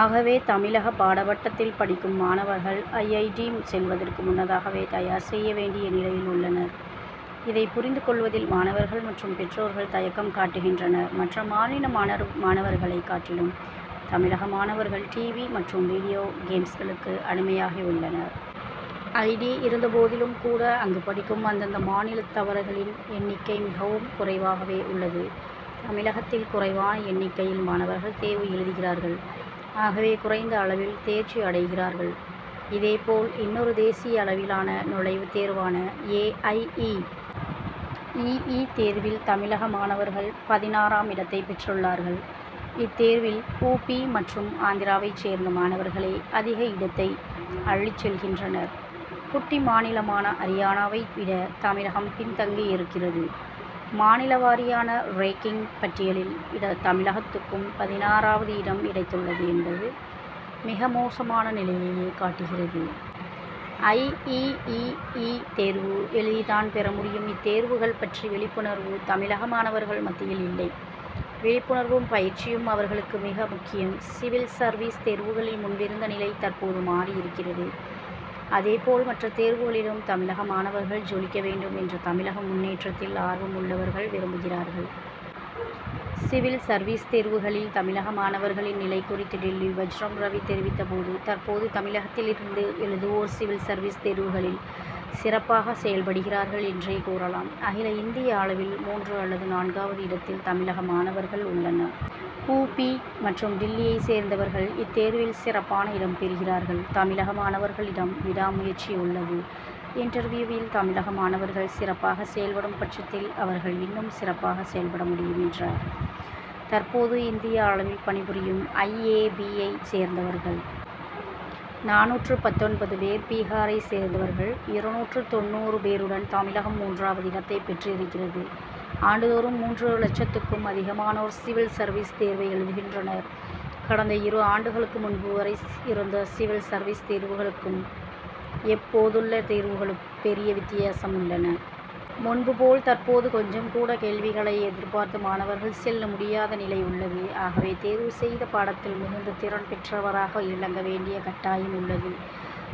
ஆகவே, தமிழக பாடத்திட்டத்தில் படிக்கும் மாணவர்கள், ஐ. ஐ. டி., செல்வதற்கு முன்னதாகவே தயார் செய்ய வேண்டிய நிலையில் உள்ளனர். இதை புரிந்து கொள்வதில் மாணவர்கள் மற்றும் பெற்றோர்கள் தயக்கம் காட்டுகின்றனர். மற்ற மாநில மாணர் மாணவர்களைக் காட்டிலும் தமிழக மாணவர்கள் "டிவி' மற்றும் வீடியோ கேம்ஸ்களுக்கு அடிமையாகி உள்ளனர். ஐ. டி., இருந்த போதிலும் கூட, அங்கு படிக்கும் அந்தந்த மாநிலத்தவர்களின் எண்ணிக்கை மிகவும் குறைவாகவே உள்ளது. தமிழகத்தில் குறைவான எண்ணிக்கையில் மாணவர்கள் தேர்வு எழுதுகிறார்கள். ஆகவே குறைந்த அளவில் தேர்ச்சி அடைகிறார்கள். இதே போல், இன்னொரு தேசிய அளவிலானநுழைவுத் தேர்வான ஏ. ஐ. இ. இ. இ., தேர்வில் தமிழகமாணவர்கள் பதினாறாம் இடத்தைப் பெற்றுள்ளார்கள். இத்தேர்வில் உ. பி., மற்றும் ஆந்திராவைச் சேர்ந்த மாணவர்களே அதிக இடத்தை அள்ளிச் செல்கின்றனர். குட்டி மாநிலமான அரியானாவை விட தமிழகம் பின்தங்கியிருக்கிறது. மாநில வாரியான ரேங்கிங் பட்டியலில் தமிழகத்துக்கு பதினாறாவது இடம் கிடைத்துள்ளது என்பது மிக மோசமான நிலையையே காட்டுகிறது. ஐ. இ. இ. இ., தேர்வு எழுதித்தான் பெறமுடியும். இத்தேர்வுகள்பற்றி விழிப்புணர்வு தமிழக மாணவர்கள் மத்தியில் இல்லை. விழிப்புணர்வும் பயிற்சியும் அவர்களுக்கு மிக முக்கியம். சிவில் சர்வீஸ் தேர்வுகளில் முன்பிருந்த நிலை தற்போது மாறியிருக்கிறது. அதேபோல், மற்ற தேர்வுகளிலும் தமிழக மாணவர்கள் ஜொலிக்க வேண்டும் என்று தமிழக முன்னேற்றத்தில் ஆர்வம் உள்ளவர்கள் விரும்புகிறார்கள். சிவில் சர்வீஸ் தேர்வுகளில் தமிழக மாணவர்களின் நிலை குறித்து டில்லி வஜ்ரம் ரவி தெரிவித்த போது, தற்போது தமிழகத்திலிருந்து எழுதுவோர் சிவில் சர்வீஸ் தேர்வுகளில் சிறப்பாக செயல்படுகிறார்கள் என்றே கூறலாம். அகில இந்திய அளவில் மூன்று அல்லது நான்காவது இடத்தில் தமிழக மாணவர்கள் உள்ளனர். உ. பி., மற்றும் டில்லியை சேர்ந்தவர்கள் இத்தேர்வில் சிறப்பான இடம் பெறுகிறார்கள். தமிழக மாணவர்களிடம் விடா முயற்சி உள்ளது. இன்டர்வியூவில் தமிழக மாணவர்கள் சிறப்பாக செயல்படும் பட்சத்தில் அவர்கள் இன்னும் சிறப்பாக செயல்படமுடியும்' என்றார். தற்போது, இந்திய அளவில் பணிபுரியும் ஐ. ஏ. பி.,யை சேர்ந்தவர்கள். நானூற்று பத்தொன்பது பேர் பீகாரை சேர்ந்தவர்கள். இருநூற்று தொண்ணூறு பேருடன் தமிழகம் மூன்றாவது இடத்தைப் பெற்றிருக்கிறது. ஆண்டுதோறும் மூன்று லட்சத்துக்கும் அதிகமானோர் சிவில் சர்வீஸ் தேர்வு எழுதுகின்றனர். கடந்த இரு ஆண்டுகளுக்கு முன்பு வரை இருந்த சிவில் சர்வீஸ் தேர்வுகளுக்கும் இப்போதுள்ள தேர்வுகளுக்கும் பெரிய வித்தியாசம் உள்ளன. முன்பு போல், தற்போது கொஞ்சம் கூட, கேள்விகளை எதிர்பார்த்து மாணவர்கள் செல்ல முடியாத நிலை உள்ளது. ஆகவே, தேர்வு செய்த பாடத்தில் மிகுந்த திறன் பெற்றவராக விளங்க வேண்டிய கட்டாயம் உள்ளது.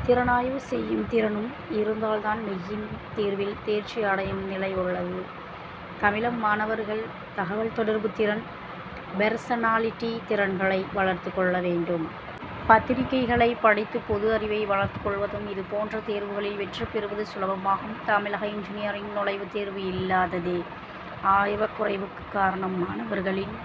திறனாய்வு செய்யும்திறனும் இருந்தால்தான் மெய்யின் தேர்வில் தேர்ச்சி அடையும் நிலை உள்ளது. தமிழக மாணவர்கள் தகவல் தொடர்புத் திறன், பெர்சனாலிட்டி திறன்களை வளர்த்துக் கொள்ள வேண்டும். பத்திரிகைகளை படித்து பொது அறிவை வளர்த்துக் கொள்வதும் இதுபோன்ற தேர்வுகளில் வெற்றிபெறுவது சுலபமாகும். தமிழக இன்ஜினியரிங் நுழைவுத் தேர்வு இல்லாததே ஆர்வக்குறைவுக்கு காரணம் மாணவர்களின்